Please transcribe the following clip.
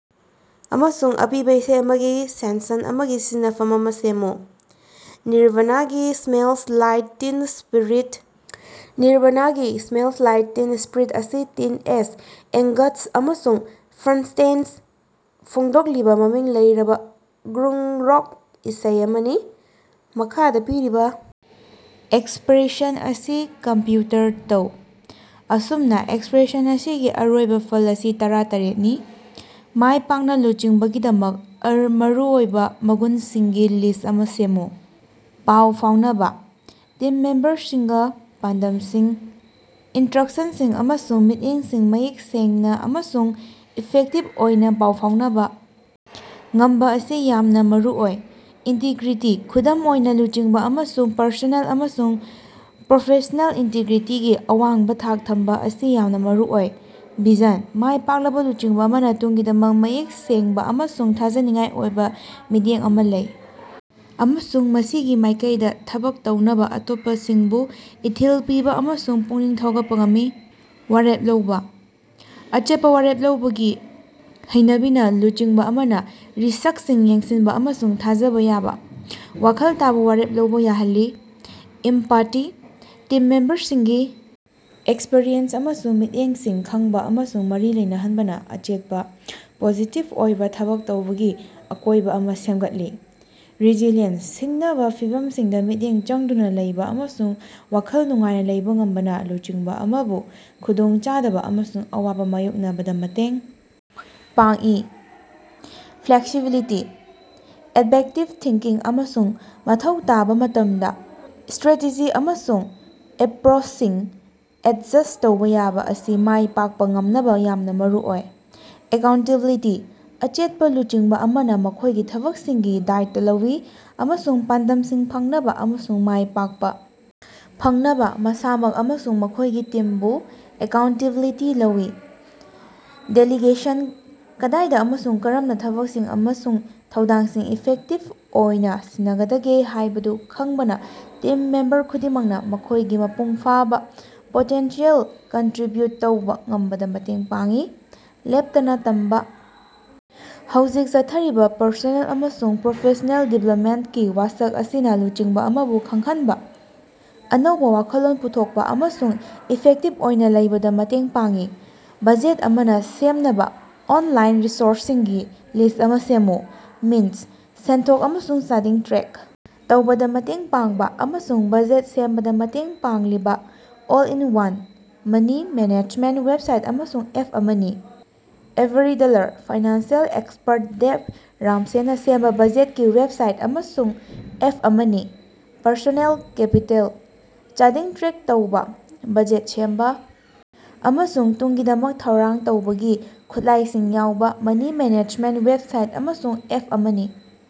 ꯑꯃꯁꯨꯡ ꯑꯄꯤꯕꯥ ꯏꯁꯩ ꯑꯃꯒꯤ ꯁꯦꯟꯁꯟ ꯑꯃꯒꯤ ꯁꯝꯖꯤꯟꯅꯐꯝ ꯑꯃꯥ ꯁꯦꯝꯃꯨ꯫ ꯅꯤꯔꯕꯥꯅꯥꯒꯤ ꯁ꯭ꯃꯦꯜꯁ ꯂꯥꯏꯛ ꯇꯤꯟ ꯁ꯭ꯄꯤꯔꯤꯠ꯫ ꯅꯤꯔꯕꯥꯅꯥꯒꯤ ꯁ꯭ꯃꯦꯜꯁ ꯂꯥꯏꯛ ꯇꯤꯟ ꯁ꯭ꯄꯤꯔꯤꯠ ꯑꯁꯤ ꯇꯤꯟꯑꯦꯖ ꯑꯦꯡꯒꯁ꯭ꯠ ꯑꯃꯁꯨꯡ ꯐ꯭ꯔꯁ꯭ꯇꯦꯁꯟ ꯐꯣꯡꯗꯣꯛꯂꯤꯕ ꯃꯃꯤꯡ ꯂꯩꯔꯕ ꯒ꯭ꯔꯨꯡ ꯔꯣꯛ ꯏꯁꯩ ꯑꯃꯅꯤ꯫ ꯃꯈꯥꯗ ꯄꯤꯔꯤꯕ ꯑꯦꯛꯁꯄꯔꯦꯁꯟ ꯑꯁꯤ ꯀꯝꯄ꯭ꯌꯨꯇꯔ ꯇꯧ꯫ ꯑꯁꯨꯝꯅ, ꯑꯦꯛꯁꯄ꯭ꯔꯦꯁꯟ ꯑꯁꯤꯒꯤ ꯑꯔꯣꯏꯕ ꯐꯜ ꯑꯁꯤ ꯇꯔꯥꯇꯔ‌ꯦꯠꯅꯤ꯫ ꯃꯥꯏꯄꯥꯛꯅ ꯂꯨꯆꯤꯡꯕꯒꯤꯗꯃꯛ ꯃꯔꯨꯑꯣꯏꯕ ꯃꯒꯨꯟꯁꯤꯡꯒꯤ ꯂꯤꯁ꯭ꯠ ꯑꯃꯥ ꯁꯦꯝꯃꯨ꯫ ꯄꯥꯎ ꯐꯥꯎꯅꯕ: ꯇꯤꯝ ꯃꯦꯝꯕꯔꯁꯤꯡꯒꯥ ꯄꯥꯟꯗꯝꯁꯤꯡ, ꯏꯟꯇ꯭ꯔꯛꯁꯟꯁꯤꯡ ꯑꯃꯁꯨꯡ ꯃꯤꯠꯌꯦꯡꯁꯤꯡ ꯃꯌꯦꯛ ꯁꯦꯡꯅ ꯑꯃꯁꯨꯡ ꯏꯐꯦꯛꯇꯤꯕ ꯑꯣꯏꯅ ꯄꯥꯎ ꯐꯥꯎꯅꯕ ꯉꯝꯕ ꯑꯁꯤ ꯌꯥꯝꯅ ꯃꯔꯨꯑꯣꯏ꯫ ꯏꯟꯇꯤꯒ꯭ꯔꯤꯇꯤ: ꯈꯨꯗꯝ ꯑꯣꯏꯅ ꯂꯨꯆꯤꯡꯕ ꯑꯃꯁꯨꯡ ꯄꯔꯁꯣꯅꯦꯜ ꯑꯃꯁꯨꯡ ꯄ꯭ꯔꯣꯐꯦꯁ꯭ꯅꯦꯜ ꯏꯟꯇꯤꯒ꯭ꯔꯤꯇꯤꯒꯤ ꯑꯋꯥꯡꯕ ꯊꯥꯛ ꯊꯝꯕ ꯑꯁꯤ ꯌꯥꯝꯅ ꯃꯔꯨꯑꯣꯏ꯫ ꯚꯤꯖꯟ: ꯃꯥꯏ ꯄꯥꯛꯂꯕ ꯂꯨꯆꯤꯡꯕ ꯑꯃꯅ ꯇꯨꯡꯒꯤꯗꯃꯛ ꯃꯌꯦꯛ ꯁꯦꯡꯕ ꯑꯃꯁꯨꯡ ꯊꯥꯖꯅꯤꯡꯉꯥꯏ ꯑꯣꯏꯕ ꯃꯤꯠꯌꯦꯡ ꯑꯃꯥ ꯂꯩ, ꯑꯃꯁꯨꯡ ꯃꯁꯤꯒꯤ ꯃꯥꯏꯀꯩꯗ ꯊꯕꯛ ꯇꯧꯅꯕ ꯑꯇꯣꯞꯄꯁꯤꯡꯕꯨ ꯏꯊꯤꯜ ꯄꯤꯕ ꯑꯃꯁꯨꯡ ꯄꯨꯛꯅꯤꯡ ꯊꯧꯒꯠꯄ ꯉꯝꯃꯤ꯫ ꯋꯥꯔꯦꯞ ꯂꯧꯕ: ꯑꯆꯦꯠꯄ ꯋꯥꯔꯦꯞ ꯂꯧꯕꯒꯤ ꯍꯩꯅꯕꯤꯅ ꯂꯨꯆꯤꯡꯕ ꯑꯃꯅ ꯔꯤꯁ꯭ꯛꯁꯤꯡ ꯌꯦꯡꯁꯤꯟꯕ ꯑꯃꯁꯨꯡ ꯊꯥꯖꯕ ꯌꯥꯕ, ꯋꯥꯈꯜ ꯇꯥꯕ ꯋꯥꯔꯦꯞ ꯂꯧꯕ ꯌꯥꯍꯜꯂꯤ꯫ ꯏꯝꯄꯥꯇꯤ: ꯇꯤꯝ ꯃꯦꯝꯕꯔꯁꯤꯡꯒꯤ ꯑꯦꯛꯁꯄꯔꯤꯌꯦꯟꯁ ꯑꯃꯁꯨꯡ ꯃꯤꯠꯌꯦꯡꯁꯤꯡ ꯈꯪꯕ ꯑꯃꯁꯨꯡ ꯃꯔꯤ ꯂꯩꯅꯍꯟꯕꯅ ꯑꯆꯦꯠꯄꯥ, ꯄꯣꯖꯤꯇꯤꯕ ꯑꯣꯏꯕ ꯊꯕꯛ ꯇꯧꯕꯒꯤ ꯑꯀꯣꯏꯕ ꯑꯃꯥ ꯁꯦꯝꯒꯠꯂꯤ꯫ ꯔꯦꯁꯤꯂꯤꯌꯦꯟꯁ: ꯁꯤꯡꯅꯕ ꯐꯤꯚꯝꯁꯤꯡꯗ ꯃꯤꯠꯌꯦꯡ ꯆꯪꯗꯨꯅ ꯂꯩꯕ ꯑꯃꯁꯨꯡ ꯋꯥꯈꯜ ꯅꯨꯡꯉꯥꯏꯅ ꯂꯩꯕ ꯉꯝꯕꯅ ꯂꯨꯆꯤꯡꯕ ꯑꯃꯕꯨ ꯈꯨꯗꯣꯡꯆꯥꯗꯕ ꯑꯃꯁꯨꯡ ꯑꯋꯥꯕ ꯃꯥꯌꯣꯛꯅꯕꯗ ꯃꯇꯦꯡ ꯄꯥꯡꯏ꯫ ꯐ꯭ꯂꯦꯛꯁꯤꯕꯤꯂꯤꯇꯤ: ꯑꯦꯗꯕꯦꯛꯇꯤꯕ ꯊꯤꯡꯀꯤꯡ ꯑꯃꯁꯨꯡ ꯃꯊꯧ ꯇꯥꯕ ꯃꯇꯝꯗ ꯁ꯭ꯇꯔꯦꯇꯦꯖꯤ ꯑꯃꯁꯨꯡ ꯑꯦꯄꯔꯣꯆꯁꯤꯡ ꯑꯦꯗꯖꯁ꯭ꯠ ꯇꯧꯕ ꯌꯥꯕ ꯑꯁꯤ ꯃꯥꯏ ꯄꯥꯛꯄ ꯉꯝꯅꯕ ꯌꯥꯝꯅ ꯃꯔꯨꯑꯣꯏ꯫ ꯑꯦꯀꯥꯎꯟꯇꯦꯕꯤꯂꯤꯇꯤ: ꯑꯆꯦꯠꯄ ꯂꯨꯆꯤꯡꯕ ꯑꯃꯅ ꯃꯈꯣꯏꯒꯤ ꯊꯕꯛꯁꯤꯡꯒꯤ ꯗꯥꯏꯇ ꯂꯧꯏ ꯑꯃꯁꯨꯡ ꯄꯥꯟꯗꯝꯁꯤꯡ ꯐꯪꯅꯕ ꯑꯃꯁꯨꯡ ꯃꯥꯏꯄꯥꯛꯄ ꯐꯪꯅꯕ ꯃꯁꯥꯃꯛ ꯑꯃꯁꯨꯡ ꯃꯈꯣꯏꯒꯤ ꯇꯤꯝꯕꯨ ꯑꯦꯀꯥꯎꯟꯇꯦꯕꯤꯂꯤꯇꯤ ꯂꯧꯏ꯫ ꯗꯦꯂꯤꯒꯦꯁꯟ: ꯀꯗꯥꯏꯗ ꯑꯃꯁꯨꯡ ꯀꯔꯝꯅ ꯊꯕꯛꯁꯤꯡ ꯑꯃꯁꯨꯡ ꯊꯧꯗꯥꯡꯁꯤꯡ ꯏꯐꯦꯛꯇꯤꯕ ꯑꯣꯏꯅ ꯁꯤꯟꯅꯒꯗꯒꯦ ꯍꯥꯏꯕꯗꯨ ꯈꯪꯕꯅ ꯇꯤꯝ ꯃꯦꯝꯕꯔ ꯈꯨꯗꯤꯡꯃꯛꯅ ꯃꯈꯣꯏꯒꯤ ꯃꯄꯨꯡ ꯐꯥꯕ ꯄꯣꯇꯦꯟꯁꯤꯌꯦꯜꯗ ꯀꯟꯇꯔꯤꯕ꯭ꯌꯨꯠ ꯇꯧꯕ ꯉꯝꯕꯗ ꯃꯇꯦꯡ ꯄꯥꯡꯏ꯫ ꯂꯦꯞꯇꯅ ꯇꯝꯕꯥ: ꯍꯧꯖꯤꯛ ꯆꯠꯊꯔꯤꯕ ꯄꯔꯁꯣꯅꯦꯜ ꯑꯃꯁꯨꯡ ꯄ꯭ꯔꯣꯐꯦꯁ꯭ꯅꯦꯜ ꯗꯤꯕꯦꯂꯞꯃꯦꯟꯇꯀꯤ ꯋꯥꯁꯛ ꯑꯁꯤꯅ ꯂꯨꯆꯤꯡꯕ ꯑꯃꯕꯨ ꯈꯪꯍꯟꯕ, ꯑꯅꯧꯕ ꯋꯥꯈꯜꯂꯣꯟ ꯄꯨꯊꯣꯛꯄꯥ ꯑꯃꯁꯨꯡ ꯏꯐꯦꯛꯇꯤꯕ ꯑꯣꯏꯅ ꯂꯩꯕꯗ ꯃꯇꯦꯡ ꯄꯥꯡꯏ꯫ ꯕꯖꯦꯠ ꯑꯃꯅ ꯁꯦꯝꯅꯕ ꯑꯣꯟꯂꯥꯏꯟ ꯔꯤꯁꯣꯔꯁꯁꯤꯡꯒꯤ ꯂꯤꯁ꯭ꯠ ꯑꯃ ꯁꯦꯝꯃꯨ꯫ ꯃꯤꯟꯇ: ꯁꯦꯟꯊꯣꯛ ꯑꯃꯁꯨꯡ ꯆꯥꯗꯤꯡ ꯇ꯭ꯔꯦꯛ ꯇꯧꯕꯗ ꯃꯇꯦꯡ ꯄꯥꯡꯕ, ꯑꯃꯁꯨꯡ ꯕꯖꯦꯠ ꯁꯦꯝꯕꯗ ꯃꯇꯦꯡ ꯄꯥꯡꯂꯤꯕꯥ ꯑꯣꯜ-ꯏꯟ-ꯋꯥꯟ ꯃꯅꯤ ꯃꯦꯅꯦꯖꯃꯦꯟꯠ ꯋꯦꯕꯁꯥꯏꯠ ꯑꯃꯁꯨꯡ ꯑꯦꯞ ꯑꯃꯅꯤ꯫ ꯑꯦꯚꯔꯤꯗꯂꯔ: ꯐꯥꯏꯅꯥꯟꯁꯤꯑꯦꯜ ꯑꯦꯛꯁꯄꯔꯠ, ꯗꯦꯕ ꯔꯥꯝꯁꯦꯅ ꯁꯦꯝꯕ ꯕꯖꯦꯠꯀꯤ ꯋꯦꯕꯁꯥꯏꯠ ꯑꯃꯁꯨꯡ ꯑꯦꯞ ꯑꯃꯅꯤ꯫ ꯄꯔꯁꯣꯅꯦꯜ ꯀꯦꯄꯤꯇꯦꯜ: ꯆꯥꯗꯤꯡ ꯇ꯭ꯔꯦꯛ ꯇꯧꯕ, ꯕꯖꯦꯠ ꯁꯦꯝꯕ, ꯑꯃꯁꯨꯡ ꯇꯨꯡꯒꯤꯗꯃꯛ ꯊꯧꯔꯥꯡ ꯇꯧꯕꯒꯤ ꯈꯨꯠꯂꯥꯏꯁꯤꯡ ꯌꯥꯎꯕ ꯃꯅꯤ ꯃꯦꯅꯦꯖꯃꯦꯟꯠ ꯋꯦꯕꯁꯥꯏꯠ ꯑꯃꯁꯨꯡ ꯑꯦꯞ ꯑꯃꯅꯤ꯫